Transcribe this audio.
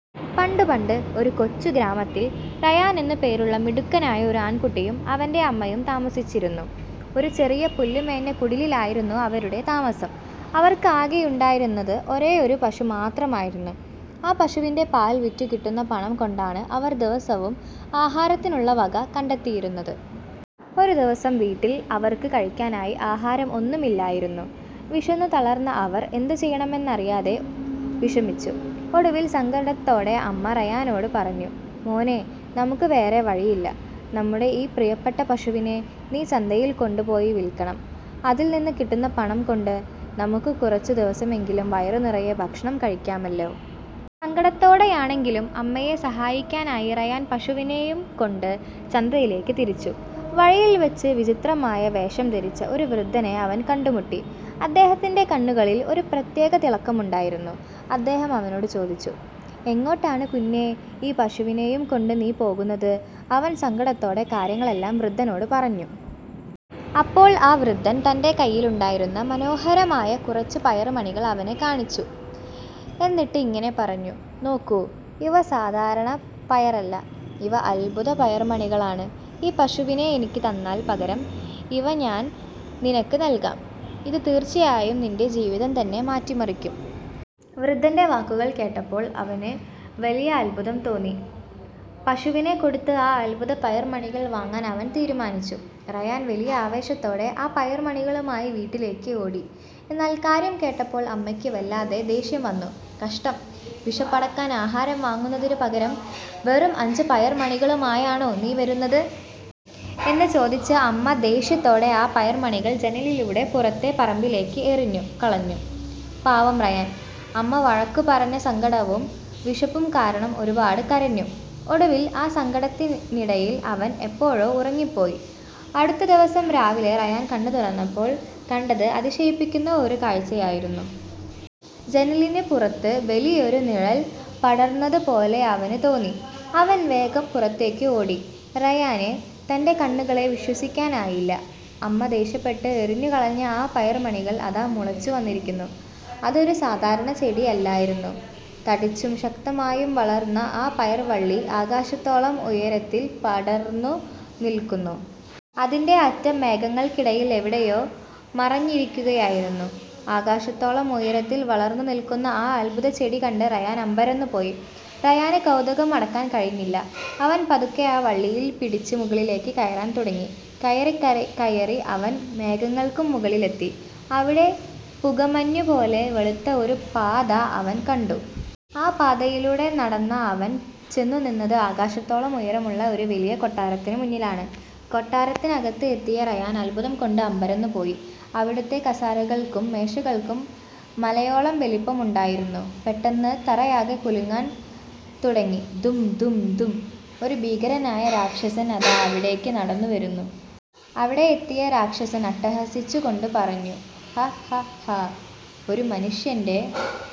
പണ്ട് പണ്ട്, ഒരു കൊച്ചു ഗ്രാമത്തിൽ റയാൻ എന്നു പേരുള്ള മിടുക്കനായ ഒരു ആൺകുട്ടിയും അവന്റെ അമ്മയും താമസിച്ചിരുന്നു. ഒരു ചെറിയ പുല്ലുമേഞ്ഞ കുടിലിലായിരുന്നു അവരുടെ താമസം. അവർക്ക് ആകെയുണ്ടായിരുന്നത് ഒരേയൊരു പശു മാത്രമായിരുന്നു. ആ പശുവിന്റെ പാൽ വിറ്റു കിട്ടുന്ന പണം കൊണ്ടാണ് അവർ ദിവസവും ആഹാരത്തിനുള്ള വക കണ്ടെത്തിയിരുന്നത്. ഒരു ദിവസം വീട്ടിൽ അവർക്ക് കഴിക്കാനായി ആഹാരം ഒന്നുമില്ലായിരുന്നു. വിശന്നു തളർന്ന അവർ എന്തു ചെയ്യണമെന്നറിയാതെ വിഷമിച്ചു. ഒടുവിൽ സങ്കടത്തോടെ അമ്മ റയാനോട് പറഞ്ഞു: "മോനേ, നമുക്ക് വേറെ വഴിയില്ല. നമ്മുടെ ഈ പ്രിയപ്പെട്ട പശുവിനെ നീ ചന്തയിൽ കൊണ്ടുപോയി വിൽക്കണം. അതിൽ നിന്ന് കിട്ടുന്ന പണം കൊണ്ട് നമുക്ക് കുറച്ചു ദിവസമെങ്കിലും വയറുനിറയെ ഭക്ഷണം കഴിക്കാമല്ലോ. " സങ്കടത്തോടെയാണെങ്കിലും അമ്മയെ സഹായിക്കാനായി റയാൻ പശുവിനെയും കൊണ്ട് ചന്തയിലേക്ക് തിരിച്ചു. വഴിയിൽവച്ച് വിചിത്രമായ വേഷം ധരിച്ച ഒരു വൃദ്ധനെ അവൻ കണ്ടുമുട്ടി. അദ്ദേഹത്തിന്റെ കണ്ണുകളിൽ ഒരു പ്രത്യേക തിളക്കമുണ്ടായിരുന്നു. അദ്ദേഹം അവനോട് ചോദിച്ചു: "എങ്ങോട്ടാണ് കുഞ്ഞേ, ഈ പശുവിനെയും കൊണ്ട് നീ പോകുന്നത്? " അവൻ സങ്കടത്തോടെ കാര്യങ്ങളെല്ലാം വൃദ്ധനോട് പറഞ്ഞു. അപ്പോൾ ആ വൃദ്ധൻ തന്റെ കയ്യിലുണ്ടായിരുന്ന മനോഹരമായ കുറച്ച് പയർമണികൾ അവനെ കാണിച്ചു. എന്നിട്ട് ഇങ്ങനെ പറഞ്ഞു: "നോക്കൂ, ഇവ സാധാരണ പയറല്ല, ഇവ അത്ഭുത പയർമണികളാണ്. ഈ പശുവിനെ എനിക്ക് തന്നാൽ, പകരം ഇവ ഞാൻ നിനക്ക് നൽകാം. ഇത് തീർച്ചയായും നിന്റെ ജീവിതം തന്നെ മാറ്റിമറിക്കും. " വൃദ്ധന്റെ വാക്കുകൾ കേട്ടപ്പോൾ അവന് വലിയ അത്ഭുതം തോന്നി. പശുവിനെ കൊടുത്ത് ആ അത്ഭുത പയർമണികൾ വാങ്ങാൻ അവൻ തീരുമാനിച്ചു. റയാൻ വലിയ ആവേശത്തോടെ ആ പയർമണികളുമായി വീട്ടിലേക്ക് ഓടി. എന്നാൽ കാര്യം കേട്ടപ്പോൾ അമ്മയ്ക്ക് വല്ലാതെ ദേഷ്യം വന്നു. "കഷ്ടം! വിശപ്പടക്കാൻ ആഹാരം വാങ്ങുന്നതിന് പകരം വെറും അഞ്ച് പയർമണികളുമായാണോ നീ വരുന്നത്? " എന്ന് ചോദിച്ച് അമ്മ ദേഷ്യത്തോടെ ആ പയർമണികൾ ജനലിലൂടെ പുറത്തെ പറമ്പിലേക്ക് എറിഞ്ഞു കളഞ്ഞു. പാവം റയാൻ! അമ്മ വഴക്കു പറഞ്ഞ സങ്കടവും വിശപ്പും കാരണം ഒരുപാട് കരഞ്ഞു. ഒടുവിൽ, ആ സങ്കടത്തിനിടയിൽ അവൻ എപ്പോഴോ ഉറങ്ങിപ്പോയി. അടുത്ത ദിവസം രാവിലെ റയാൻ കണ്ണ് തുറന്നപ്പോൾ കണ്ടത് അതിശയിപ്പിക്കുന്ന ഒരു കാഴ്ചയായിരുന്നു! ജനലിന് പുറത്ത് വലിയൊരു നിഴൽ പടർന്നതുപോലെ അവന് തോന്നി. അവൻ വേഗം പുറത്തേക്ക് ഓടി. റയാന് തന്റെ കണ്ണുകളെ വിശ്വസിക്കാനായില്ല. അമ്മ ദേഷ്യപ്പെട്ട് എറിഞ്ഞുകളഞ്ഞ ആ പയർമണികൾ അതാ മുളച്ചു വന്നിരിക്കുന്നു. അതൊരു സാധാരണ ചെടിയല്ലായിരുന്നു. തടിച്ചും ശക്തമായും വളർന്ന ആ പയർവള്ളി ആകാശത്തോളം ഉയരത്തിൽ പടർന്നു നിൽക്കുന്നു. അതിന്റെ അറ്റം മേഘങ്ങൾക്കിടയിൽ എവിടെയോ മറഞ്ഞിരിക്കുകയായിരുന്നു. ആകാശത്തോളം ഉയരത്തിൽ വളർന്നു നിൽക്കുന്ന ആ അത്ഭുതചെടി കണ്ട് റയാൻ അമ്പരന്നുപോയി! റയാന് കൗതുകം അടക്കാൻ കഴിഞ്ഞില്ല. അവൻ പതുക്കെ ആ വള്ളിയിൽ പിടിച്ച് മുകളിലേക്ക് കയറാൻ തുടങ്ങി. കയറി കയറി അവൻ മേഘങ്ങൾക്കും മുകളിലെത്തി! അവിടെ പുകമഞ്ഞു പോലെ വെളുത്ത ഒരു പാത അവൻ കണ്ടു. ആ പാതയിലൂടെ നടന്ന അവൻ ചെന്നു നിന്നത് ആകാശത്തോളം ഉയരമുള്ള ഒരു വലിയ കൊട്ടാരത്തിന് മുന്നിലാണ്. കൊട്ടാരത്തിനകത്ത് എത്തിയ റയാൻ അത്ഭുതം കൊണ്ട് അമ്പരന്നുപോയി. അവിടുത്തെ കസേരകൾക്കും മേശകൾക്കും മലയോളം വലിപ്പമുണ്ടായിരുന്നു. പെട്ടെന്ന് തറയാകെ കുലുങ്ങാൻ തുടങ്ങി. ധും! ധും! ധും! ഒരു ഭീകരനായ രാക്ഷസൻ അതാ അവിടേക്ക് നടന്നുവരുന്നു! അവിടെ എത്തിയ രാക്ഷസൻ അട്ടഹസിച്ചു കൊണ്ട് പറഞ്ഞു: "ഹ! ഹ! ഹാ! ഒരു മനുഷ്യന്റെ